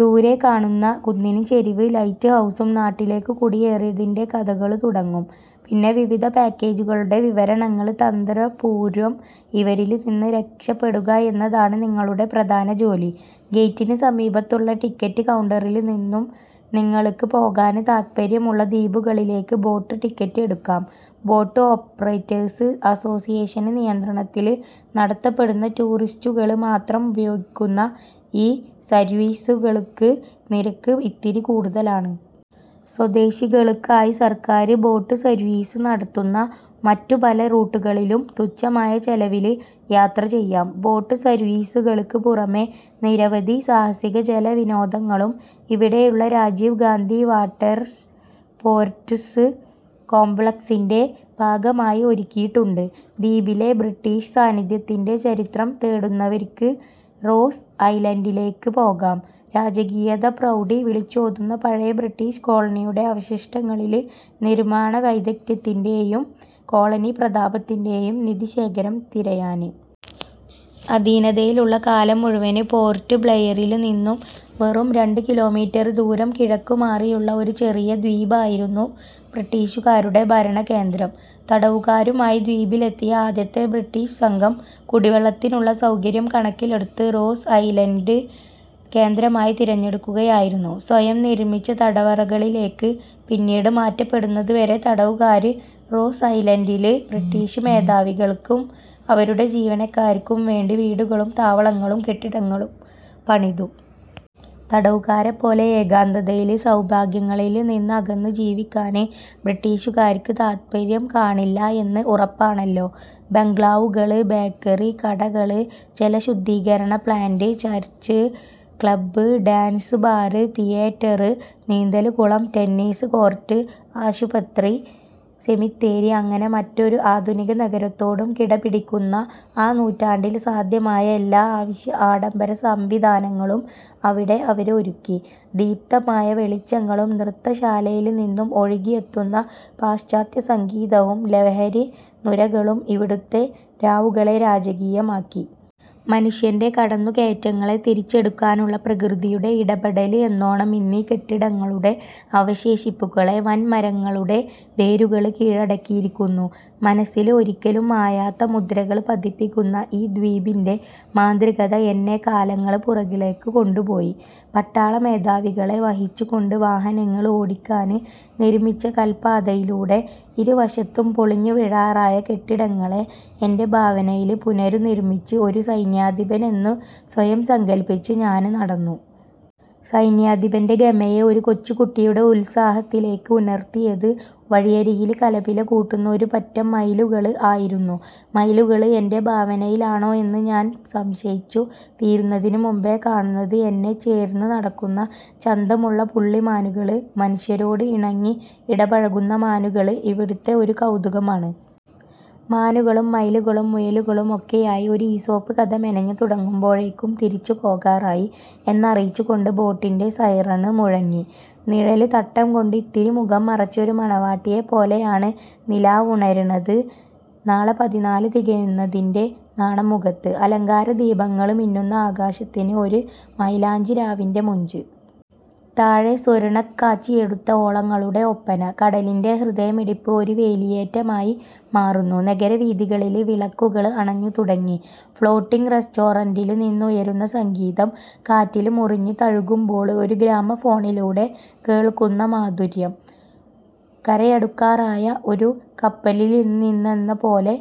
ദൂരെ കാണുന്ന കുന്നിന്ചെരിവും ലൈറ്റ് ഹൗസും നോട്ടിലേക്ക് കുടിയേറിയതിന്റെ കഥകള് തുടങ്ങും. പിന്നെ വിവിധ പാക്കേജുകളുടെ വിവരണങ്ങള്. തന്ത്രപൂര്വം ഇവരില്നിന്ന് രക്ഷപ്പെടുക എന്നതാണ് നിങ്ങളുടെ പ്രധാന ജോലി. ഗേറ്റിനു സമീപത്തുള്ള ടിക്കറ്റ് കൗണ്ടറില്നിന്നും നിങ്ങള്ക്ക് പോകാന് താത്പര്യമുള്ള ദ്വീപുകളിലേക്ക് ബോട്ട് ടിക്കറ്റ് എടുക്കാം. ബോട്ട് ഓപ്പറേറ്റേഴ്സ് അസോസിയേഷന് നിയന്ത്രണത്തില് നടത്തപ്പെടുന്ന, ടൂറിസ്റ്റുകള് മാത്രം ഉപയോഗിക്കുന്ന ഈ സര്വീസുകള്ക്ക് നിരക്ക് ഇത്തിരി കൂടുതലാണ്. സ്വദേശികള്ക്കായി സര്ക്കാര് ബോട്ട് സര്വീസ് നടത്തുന്ന മറ്റു പല റൂട്ടുകളിലും തുച്ഛമായ ചെലവില് യാത്ര ചെയ്യാം. ബോട്ട് സര്വീസുകള്ക്ക് പുറമേ നിരവധി സാഹസിക ജലവിനോദങ്ങളും ഇവിടെയുള്ള രാജീവ് ഗാന്ധി വാട്ടര്സ്പോര്ട്സ് കോംപ്ലക്സിന്റെ ഭാഗമായി ഒരുക്കിയിട്ടുണ്ട്. ദ്വീപിലെ ബ്രിട്ടീഷ് സാന്നിധ്യത്തിന്റെ ചരിത്രം തേടുന്നവര്ക്ക് റോസ് ഐലന്ഡിലേക്ക് പോകാം; രാജകീയതയുടെ പ്രൗഢി വിളിച്ചോതുന്ന പഴയ ബ്രിട്ടീഷ് കോളനിയുടെ അവശിഷ്ടങ്ങളില് നിര്മാണ വൈദഗ്ധ്യത്തിന്റെയും കോളനി പ്രതാപത്തിന്റെയും നിധിശേഖരം തിരയാന്. അധീനതയിലുള്ള കാലം മുഴുവന്, പോര്ട്ട് ബ്ലെയറില്നിന്നും വെറും രണ്ടു കിലോമീറ്റര് ദൂരം കിഴക്കുമാറിയുള്ള ഈ ചെറിയ ദ്വീപായിരുന്നു ബ്രിട്ടീഷുകാരുടെ ഭരണകേന്ദ്രം. തടവുകാരുമായി ദ്വീപിലെത്തിയ ആദ്യത്തെ ബ്രിട്ടീഷ് സംഘം കുടിവെള്ളത്തിനുള്ള സൗകര്യം കണക്കിലെടുത്ത് റോസ് ഐലന്ഡ് കേന്ദ്രമായി തിരഞ്ഞെടുക്കുകയായിരുന്നു. സ്വയം നിര്മിച്ച തടവറകളിലേക്ക് പിന്നീട് മാറ്റപ്പെടുന്നതുവരെ തടവുകാര് റോസ് ഐലന്ഡില് ബ്രിട്ടീഷ് മേധാവികള്ക്കും അവരുടെ ജീവനക്കാര്ക്കും വേണ്ടി വീടുകളും താവളങ്ങളും കെട്ടിടങ്ങളും പണിതു. തടവുകാരെപോലെ ഏകാന്തതയില് സൗഭാഗ്യങ്ങളില് നിന്നകന്നു ജീവിക്കാന് ബ്രിട്ടീഷുകാര്ക്ക് താത്പര്യം കാണില്ല എന്ന് ഉറപ്പാണല്ലോ. ബംഗ്ലാവുകള്, ബേക്കറി, കടകള്, ജലശുദ്ധീകരണ plant, church, club, dance bar, theatre, നീന്തല്കുളം, ടെന്നീസ് കോര്ട്ട്, ആശുപത്രി, സെമിത്തേരി അങ്ങനെ മറ്റേതൊരു ആധുനികനഗരത്തോടും കിടപിടിക്കുന്ന, ആ നൂറ്റാണ്ടില് സാധ്യമായ, എല്ലാ അവശ്യ ആഡംബര സംവിധാനങ്ങളും ഇവിടെ അവര് ഒരുക്കി. ദീപ്തമായ വെളിച്ചങ്ങളും നൃത്തശാലയില് നിന്നും ഒഴുകിയെത്തുന്ന പാശ്ചാത്യസംഗീതവും ലഹരിനുരകളും ഇവിടുത്തെ രാവുകളെ രാജകീയമാക്കി. മനുഷ്യന്റെ കടന്നുകയറ്റങ്ങളെ തിരിച്ചെടുക്കാനുള്ള പ്രകൃതിയുടെ ഇടപെടല് എന്നോണം ഇന്നീ കെട്ടിടങ്ങളുടെ അവശേഷിപ്പുകളെ വന്മരങ്ങളുടെ വേരുകള് കീഴടക്കിയിരിക്കുന്നു. മനസ്സില് ഒരിക്കലും മായാത്ത മുദ്രകള് പതിപ്പിക്കുന്ന ഈ ദ്വീപിന്റെ മാന്ത്രികത എന്നെ കാലങ്ങള് പുറകിലേക്ക് കൊണ്ടുപോയി. പട്ടാളമേധാവികളെ വഹിച്ചുകൊണ്ട് വാഹനങ്ങള് ഓടിക്കാന് നിര്മിച്ച കല്പാതയിലൂടെ, ഇരുവശത്തും പൊളിഞ്ഞുവീഴാറായ കെട്ടിടങ്ങളെ എന്റെ ഭാവനയാല് പുനര്നിര്മിച്ച് ഒരു സൈന്യാധിപനെന്നു സ്വയം സങ്കല്പ്പിച്ച് ഞാന് നടന്നു. സൈന്യാധിപന്റെ ഗമയെ ഒരു കൊച്ചുകുട്ടിയുടെ ഉത്സാഹത്തിലേക്ക് ഉണര്ത്തിയത് വഴിയരികില് കലപില കൂട്ടുന്ന ഒരുപറ്റം മയിലുകള് ആയിരുന്നു. മയിലുകള് എന്റെ ഭാവനയിലാണോ എന്ന് ഞാന് സംശയിച്ചു തീരുന്നതിനു മുന്പേ കാണുന്നത് എന്നെ ചേര്ന്ന് നടക്കുന്ന ചന്തമുള്ള പുള്ളിമാനുകള്. മനുഷ്യരോട് ഇണങ്ങി ഇടപഴകുന്ന മാനുകള് ഇവിടുത്തെ ഒരു കൗതുകമാണ്. മാനുകളും മയിലുകളും മുയലുകളും ഒക്കെയായി ഒരു ഈസോപ്പ് കഥ മെനഞ്ഞു തുടങ്ങുമ്പോഴേക്കും തിരിച്ചുപോകാറായി എന്നറിയിച്ചുകൊണ്ട് ബോട്ടിന്റെ സൈറണ് മുഴങ്ങി. നിഴല്തട്ടംകൊണ്ട് ഇത്തിരി മുഖം മറച്ച് ഒരു മണവാട്ടിയെ പോലെയാണ് നിലാവുണര്ന്നത്. നാളെ പതിന്നാല് തികയുന്നതിന്റെ നാണം മുഖത്ത്. അലങ്കാരദീപങ്ങള് മിന്നുന്ന ആകാശത്തിന് ഒരു മൈലാഞ്ചിരാവിന്റെ മൊഞ്ച്. താഴെ സ്വര്ണക്കാച്ചിയുടുത്ത ഓളങ്ങളുടെ ഒപ്പന. കടലിന്റെ ഹൃദയമിടിപ്പ് ഒരു വേലിയേറ്റമായി മാറുന്നു. നഗരവീഥികളില് വിളക്കുകള് അണഞ്ഞു തുടങ്ങി. ഫ്ലോട്ടിങ് റെസ്റ്റോറന്റില് നിന്നുയരുന്ന സംഗീതം കാറ്റില് മുറിഞ്ഞ് തഴുകുമ്പോള് ഒരു ഗ്രാമഫോണിലൂടെ കേള്ക്കുന്ന മാധുര്യം. കരയടുക്കാറായ ഒരു കപ്പലില്നിന്നെന്നപോലെ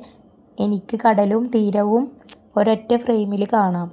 എനിക്ക് കടലും തീരവും ഒരൊറ്റ ഫ്രെയിമില് കാണാം.